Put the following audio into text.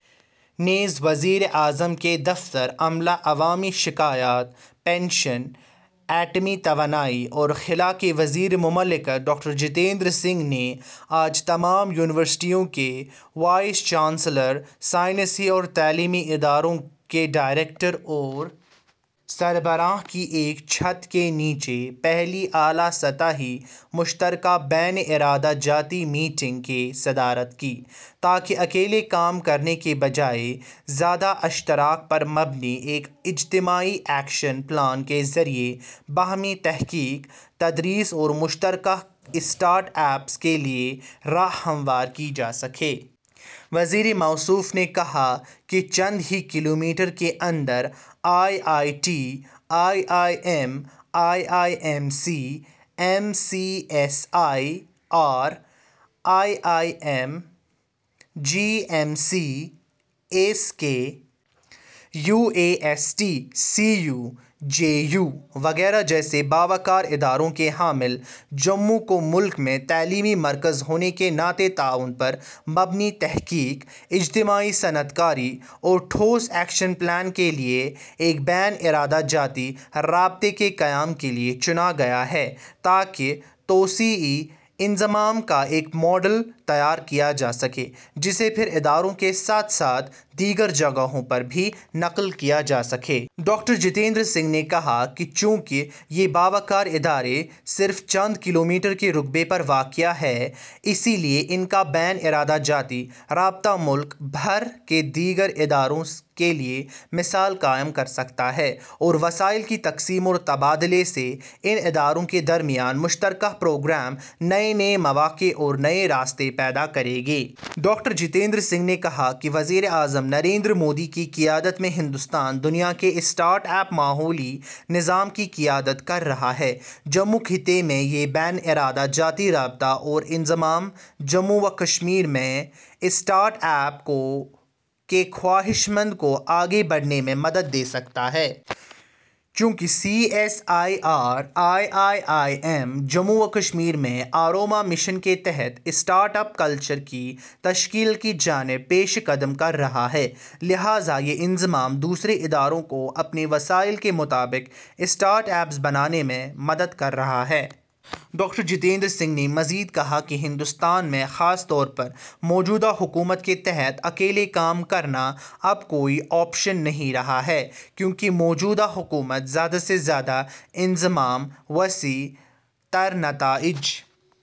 نیز وزیر اعظم کے دفتر، عملہ، عوامی شکایات، پنشن، ایٹمی توانائی اور خلا کے وزیر مملکت ڈاکٹر جتیندر سنگھ نے آج تمام یونیورسٹیوں کے وائس چانسلرز، سائنسی اور تعلیمی اداروں کے ڈائریکٹرز اور سربراہان کی ایک چھت کے نیچے پہلی اعلیٰ سطحی مشترکہ بین ادارہ جاتی میٹنگ کی صدارت کی، تاکہ اکیلے کام کرنے کی بجائے زیادہ اشتراک پر مبنی ایک اجتماعی ایکشن پلان کے ذریعے باہمی تحقیق، تدریس اور مشترکہ اسٹارٹ اپس کے لیے راہ ہموار کی جا سکے۔ وزیر موصوف نے کہا کہ چند ہی کلومیٹر کے اندر I I T, I I M, I I M C, AIIMS, C S I R I I I M, G M C, S K U A S T, C U, J U وغیرہ جیسے باوقار اداروں کے حامل جموں کو ملک میں تعلیمی مرکز ہونے کے ناطے تعاون پر مبنی تحقیق، اجتماعی صنعت کاری اور ٹھوس ایکشن پلان کے لیے اس پہلے بین ادارہ جاتی رابطے کے قیام کے لیے چنا گیا ہے، تاکہ توسیعی انضمام کا ایک ماڈل تیار کیا جا سکے جسے پھر اداروں کے ساتھ ساتھ دیگر جگہوں پر بھی نقل کیا جا سکے۔ ڈاکٹر جتیندر سنگھ نے کہا کہ چونکہ یہ باوقار ادارے صرف چند کلومیٹر کے رقبے میں واقع ہیں، اس لیے ان کا بین ادارہ جاتی رابطہ ملک بھر کے دیگر اداروں کے لیے مثال قائم کر سکتا ہے اور وسائل کی تقسیم اور تبادلے سے ان اداروں کے درمیان مشترکہ پروگرام نئے نئے مواقع اور نئے راستے پیدا کریں گے۔ ڈاکٹر جتیندر سنگھ نے کہا کہ وزیر اعظم نریندر مودی کی قیادت میں ہندوستان دنیا کے اسٹارٹ اپ ماحولی نظام کی قیادت کر رہا ہے۔ جموں خطے میں یہ بین ادارہ جاتی رابطہ اور انضمام جموں و کشمیر میں اسٹارٹ اپ کے خواہشمندوں کو آگے بڑھنے میں مدد دے سکتا ہے۔ چونکہ C S I R I I I M Jammu و کشمیر میں آروما مشن کے تحت اسٹارٹ اپ کلچر کی تشکیل کی جانب پیش قدمی کر رہا ہے، لہٰذا یہ انضمام دوسرے اداروں کو اپنے وسائل کے مطابق اسٹارٹ اپس بنانے میں مدد دے گا۔ ڈاکٹر جتیندر سنگھ نے مزید کہا کہ ہندوستان میں، خاص طور پر موجودہ حکومت کے تحت، اکیلے کام کرنا اب کوئی آپشن نہیں رہا ہے، کیونکہ موجودہ حکومت زیادہ سے زیادہ انضمام، وسیع تر نتائج…